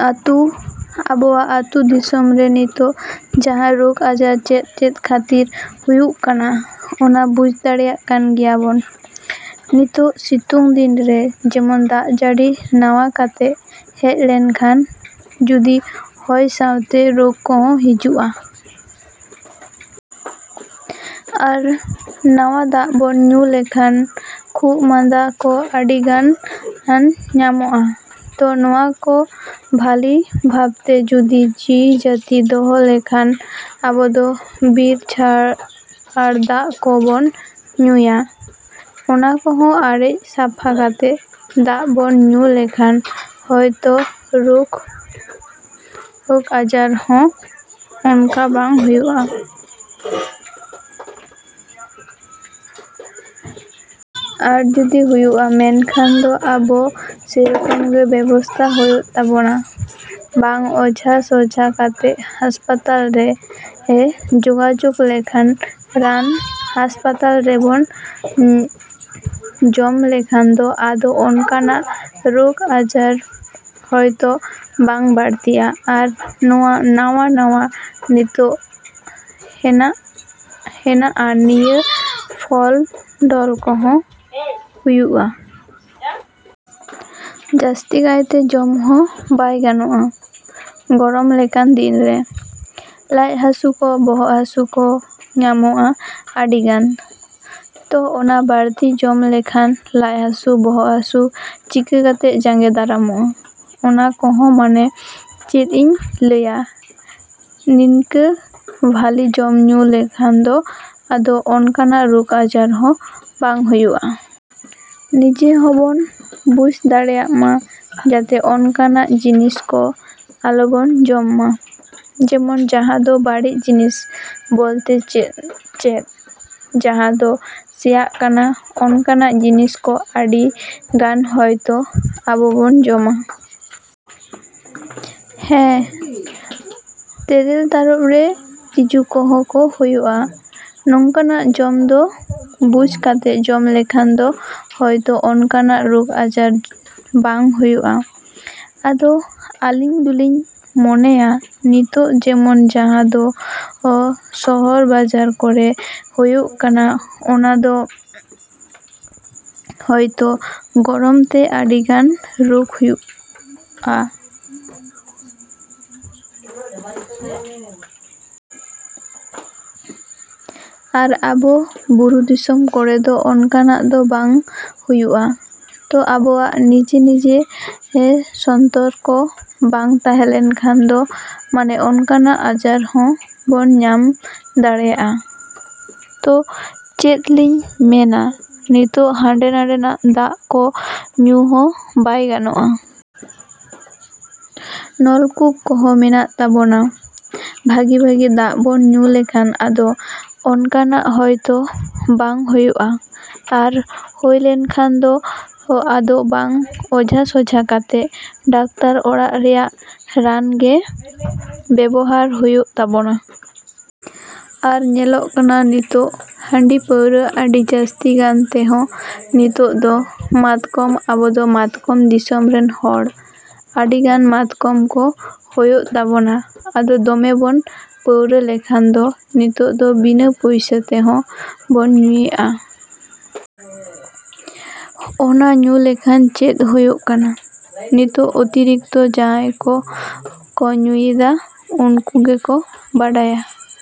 ᱟᱛᱩ, ᱟᱵᱚᱣᱟᱜ ᱟᱛᱩ ᱫᱤᱥᱚᱢ ᱨᱮ ᱱᱤᱛᱚᱜ ᱡᱟᱦᱟᱸ ᱨᱚᱜᱽ ᱟᱡᱟᱨ ᱪᱮᱫ ᱪᱮᱫ ᱠᱷᱟᱹᱛᱤᱨ ᱦᱩᱭᱩᱜ ᱠᱟᱱᱟ ᱚᱱᱟ ᱵᱩᱡᱷ ᱫᱟᱲᱮᱭᱟᱜ ᱠᱟᱱ ᱜᱮᱭᱟ ᱵᱚᱱ᱾ ᱱᱤᱛᱚᱜ ᱥᱤᱛᱩᱝ ᱫᱤᱱ ᱨᱮ ᱡᱮᱢᱚᱱ ᱫᱟᱜ ᱡᱟᱹᱲᱤ ᱱᱟᱣᱟ ᱠᱟᱛᱮ ᱦᱮᱡ ᱞᱮᱱ ᱠᱷᱟᱱ ᱡᱩᱫᱤ ᱦᱚᱭ ᱥᱟᱶᱛᱮ ᱨᱚᱜᱽ ᱠᱚᱦᱚᱸ ᱦᱤᱡᱩᱜᱼᱟ᱾ ᱟᱨ ᱱᱟᱣᱟ ᱫᱟᱜ ᱵᱚᱱ ᱧᱩ ᱞᱮᱠᱷᱟᱱ ᱠᱷᱩᱜᱽ ᱢᱟᱸᱫᱟ ᱠᱚ ᱟᱹᱰᱤ ᱜᱟᱱ ᱧᱟᱢᱚᱜᱼᱟ᱾ ᱛᱚ, ᱱᱚᱣᱟ ᱠᱚ ᱵᱷᱟᱹᱞᱤ ᱵᱷᱟᱵᱽ ᱛᱮ ᱡᱩᱫᱤ ᱡᱤᱣᱤ ᱡᱟᱹᱛᱤ ᱫᱚᱦᱚ ᱞᱮᱠᱷᱟᱱ ᱟᱵᱚᱫᱚ ᱵᱤᱨᱼᱡᱷᱟᱲ ᱫᱟᱜ ᱠᱚ ᱵᱚᱱ ᱧᱩᱭᱟ᱾ ᱚᱱᱟ ᱠᱚᱦᱚᱸ ᱟᱨᱮᱡᱽ ᱥᱟᱯᱷᱟ ᱠᱟᱛᱮ ᱫᱟᱜ ᱵᱚᱱ ᱧᱩ ᱞᱮᱠᱷᱟᱱ ᱦᱚᱭᱛᱚ ᱨᱚᱜᱽ ᱟᱡᱟᱨ ᱦᱚᱸ ᱚᱱᱠᱟ ᱵᱟᱝ ᱦᱩᱭᱩᱜᱼᱟ᱾ ᱟᱨ ᱡᱩᱫᱤ ᱦᱩᱭᱩᱜᱼᱟ, ᱢᱮᱱᱠᱷᱟᱱ ᱫᱚ ᱟᱵᱚ ᱥᱮᱨᱚᱠᱚᱢ ᱜᱮ ᱵᱮᱵᱚᱥᱛᱟᱭ ᱦᱩᱭᱩᱜ ᱛᱟᱵᱚᱱᱟ᱾ ᱵᱟᱝ ᱚᱡᱷᱟ ᱥᱚᱠᱷᱟ ᱠᱟᱛᱮ, ᱦᱟᱥᱯᱟᱛᱟᱞ ᱨᱮ ᱡᱚᱜᱟᱡᱚᱜᱽ ᱞᱮᱠᱷᱟᱱ ᱨᱟᱱ ᱦᱟᱥᱯᱟᱛᱟᱞ ᱨᱮᱵᱚᱱ ᱡᱚᱢ ᱞᱮᱠᱷᱟᱱ ᱫᱚ ᱟᱫᱚ ᱚᱱᱠᱟᱱᱟᱜ ᱨᱚᱜᱽ ᱟᱡᱟᱨ ᱦᱚᱭᱛᱚ ᱵᱟᱝ ᱵᱟᱹᱲᱛᱤᱜᱼᱟ᱾ ᱟᱨ ᱱᱟᱣᱟ ᱱᱟᱣᱟ ᱱᱤᱛᱚᱜ ᱦᱮᱱᱟᱜᱼᱟ, ᱱᱤᱭᱟᱹ ᱯᱷᱚᱞ ᱰᱚᱞ ᱠᱚᱦᱚᱸ ᱦᱩᱭᱩᱜᱼᱟ᱾ ᱡᱟᱹᱥᱛᱤ ᱠᱟᱭᱛᱮ ᱡᱚᱢ ᱦᱚᱸ ᱵᱟᱭ ᱜᱟᱱᱚᱜᱼᱟ ᱜᱚᱨᱚᱢ ᱞᱮᱠᱟᱱ ᱫᱤᱱ ᱨᱮ᱾ ᱞᱟᱡ ᱦᱟᱹᱥᱩ ᱠᱚ, ᱵᱚᱦᱚᱜ ᱦᱟᱹᱥᱩ ᱠᱚ ᱧᱟᱢᱚᱜᱼᱟ ᱟᱹᱰᱤ ᱜᱟᱱ᱾ ᱛᱚ, ᱚᱱᱟ ᱵᱟᱹᱲᱛᱤ ᱡᱚᱢ ᱞᱮᱠᱷᱟᱱ ᱞᱟᱡ ᱦᱟᱹᱥᱩ, ᱵᱚᱦᱚᱜ ᱦᱟᱹᱥᱩ ᱪᱤᱠᱟᱹ ᱠᱟᱛᱮ ᱡᱟᱸᱜᱮ ᱫᱟᱨᱟᱢᱚᱜᱼᱟ ᱚᱱᱟ ᱠᱚᱦᱚᱸ ᱢᱟᱱᱮ ᱪᱮᱫ ᱤᱧ ᱞᱟᱹᱭᱟ ᱱᱤᱱᱠᱟᱹ ᱵᱷᱟᱹᱞᱤ ᱡᱚᱢ, ᱧᱩ ᱞᱮᱠᱷᱟᱱ ᱫᱚ ᱟᱫᱚ ᱚᱱᱠᱟᱱᱟᱜ ᱨᱚᱜᱽ ᱟᱡᱟᱨ ᱦᱚᱸ ᱵᱟᱝ ᱦᱩᱭᱩᱜᱼᱟ᱾ ᱱᱤᱡᱮ ᱦᱚᱸ ᱵᱚᱱ ᱵᱩᱡᱷ ᱫᱟᱲᱮᱜᱼᱢᱟ ᱡᱟᱛᱮ ᱚᱱᱠᱟᱱᱟᱜ ᱡᱤᱱᱤᱥ ᱠᱚ ᱟᱞᱚ ᱵᱚᱱ ᱡᱚᱢ ᱢᱟ᱾ ᱡᱮᱢᱚᱱ ᱡᱟᱦᱟᱸ ᱫᱚ ᱵᱟᱹᱲᱤᱡ ᱡᱤᱱᱤᱥ ᱵᱚᱞᱛᱮ ᱫᱚ ᱪᱮᱫ? ᱡᱟᱦᱟᱸ ᱫᱚ ᱥᱮᱭᱟᱜ ᱠᱟᱱᱟ, ᱚᱱᱠᱟᱱᱟᱜ ᱡᱤᱱᱤᱥ ᱠᱚ ᱟᱹᱰᱤ ᱜᱟᱱ ᱦᱚᱭᱛᱚ ᱟᱵᱚ ᱵᱚᱱ ᱡᱚᱢᱟ᱾ ᱦᱮᱸ᱾ ᱛᱤᱨᱤᱞ ᱛᱟᱨᱚᱯ ᱨᱮ ᱛᱤᱡᱩ ᱠᱚᱦᱚᱸ ᱠᱚ ᱦᱩᱭᱩᱜᱼᱟ᱾ ᱱᱚᱝᱠᱟᱱᱟᱜ ᱡᱚᱢ ᱫᱚ ᱵᱩᱡᱷ ᱠᱟᱛᱮᱫ ᱡᱚᱢ ᱞᱮᱠᱷᱟᱱ ᱫᱚ ᱦᱚᱭᱛᱚ ᱚᱱᱠᱟᱱᱟᱜ ᱨᱚᱜᱽ ᱟᱡᱟᱨ ᱵᱟᱝ ᱦᱩᱭᱩᱜᱼᱟ᱾ ᱟᱫᱚ ᱟᱹᱞᱤᱧ ᱫᱚᱞᱤᱧ ᱢᱚᱱᱮᱭᱟ ᱱᱤᱛᱚᱜ ᱡᱮᱢᱚᱱ ᱡᱟᱦᱟᱸ ᱫᱚ ᱥᱚᱦᱚᱨ ᱵᱟᱡᱟᱨ ᱠᱚᱨᱮ ᱦᱩᱭᱩᱜ ᱠᱟᱱᱟ ᱚᱱᱟᱫᱚ ᱦᱚᱭᱛᱚ ᱜᱚᱨᱚᱢ ᱛᱮ ᱟᱹᱰᱤ ᱜᱟᱱ ᱨᱚᱜᱽ ᱦᱩᱭᱩᱜᱼᱟ᱾ ᱟᱨ ᱟᱵᱚ ᱵᱩᱨᱩ ᱫᱤᱥᱚᱢ ᱠᱚᱨᱮ ᱫᱚ ᱚᱱᱠᱟᱱᱟᱜ ᱫᱚ ᱵᱟᱝ ᱦᱩᱭᱩᱜᱼᱟ᱾ ᱛᱚ, ᱟᱵᱚᱦᱚᱸ ᱱᱤᱡᱮ ᱱᱤᱡᱮ ᱥᱚᱛᱚᱨᱠᱚ ᱵᱟᱝ ᱛᱟᱦᱮᱸ ᱞᱮᱱ ᱠᱷᱟᱱ ᱫᱚ ᱢᱟᱱᱮ ᱚᱱᱠᱟᱱᱟᱜ ᱟᱡᱟᱨ ᱦᱚᱸ ᱵᱚᱱ ᱧᱟᱢ ᱫᱟᱲᱮᱭᱟᱜᱼᱟ᱾ ᱛᱚ, ᱪᱮᱫ ᱞᱤᱧ ᱢᱮᱱᱟ ᱱᱤᱛᱚᱜ ᱦᱟᱸᱰᱮ ᱱᱟᱸᱰᱮᱱᱟᱜ ᱫᱟᱜ ᱠᱚ ᱧᱩ ᱦᱚᱸ ᱵᱟᱭ ᱜᱟᱱᱚᱜᱼᱟ᱾ ᱱᱚᱞᱠᱩᱯ ᱠᱚ ᱢᱮᱱᱟᱜ ᱛᱟᱵᱚᱱᱟ, ᱵᱷᱟᱹᱜᱤ ᱵᱷᱟᱹᱜᱤ ᱫᱟᱜ ᱵᱚᱱ ᱧᱩ ᱞᱮᱠᱷᱟᱱ ᱟᱫᱚ ᱚᱱᱠᱟᱱᱟᱜ ᱦᱚᱭᱛᱚ ᱵᱟᱝ ᱦᱩᱭᱩᱜᱼᱟ᱾ ᱟᱨ ᱦᱩᱭ ᱞᱮᱱ ᱠᱷᱟᱱ ᱫᱚ, ᱟᱫᱚ ᱵᱟᱝ ᱚᱡᱷᱟ ᱥᱚᱠᱷᱟ ᱠᱟᱛᱮ ᱰᱟᱠᱛᱟᱨ ᱚᱲᱟᱜ ᱨᱮᱭᱟᱜ ᱨᱟᱱ ᱜᱮ ᱵᱮᱵᱚᱦᱟᱨ ᱦᱩᱭᱩᱜ ᱛᱟᱵᱚᱱᱟ᱾ ᱟᱨ ᱧᱮᱞᱚᱜ ᱠᱟᱱᱟ ᱱᱤᱛᱚᱜ ᱦᱟᱺᱰᱤ ᱯᱟᱹᱣᱨᱟᱹ ᱟᱹᱰᱤ ᱡᱟᱹᱥᱛᱤ ᱜᱟᱱ ᱛᱮ ᱦᱚᱸ ᱱᱤᱛᱚᱜ ᱫᱚ ᱢᱟᱛᱠᱚᱢ, ᱟᱵᱚᱫᱚ ᱢᱟᱛᱠᱚᱢ ᱫᱤᱥᱚᱢ ᱨᱮᱱ ᱦᱚᱲ ᱟᱹᱰᱤ ᱜᱟᱱ ᱢᱟᱛᱠᱚᱢ ᱠᱚ ᱦᱩᱭᱩᱜ ᱛᱟᱵᱚᱱᱟ᱾ ᱟᱫᱚ ᱫᱚᱢᱮ ᱵᱚᱱ ᱯᱟᱹᱣᱨᱟᱹ ᱞᱮᱠᱷᱟᱱ ᱫᱚ ᱱᱤᱛᱚᱜ ᱫᱚ ᱵᱤᱱᱟᱹ ᱯᱚᱭᱥᱟ ᱛᱮᱦᱚᱸ ᱵᱚᱱ ᱧᱩᱭᱮᱜᱼᱟ᱾ ᱚᱱᱟ ᱧᱩ ᱞᱮᱠᱷᱟᱱ ᱪᱮᱫ ᱦᱩᱭᱩᱜ ᱠᱟᱱᱟ? ᱱᱤᱛᱚᱜ ᱚᱛᱤᱨᱤᱠᱛᱚ ᱡᱟᱦᱟᱸᱭ ᱠᱚᱠᱚ ᱧᱩᱭᱮᱫᱟ ᱩᱱᱠᱩ ᱜᱮ ᱠᱚ ᱵᱟᱰᱟᱭᱟ᱾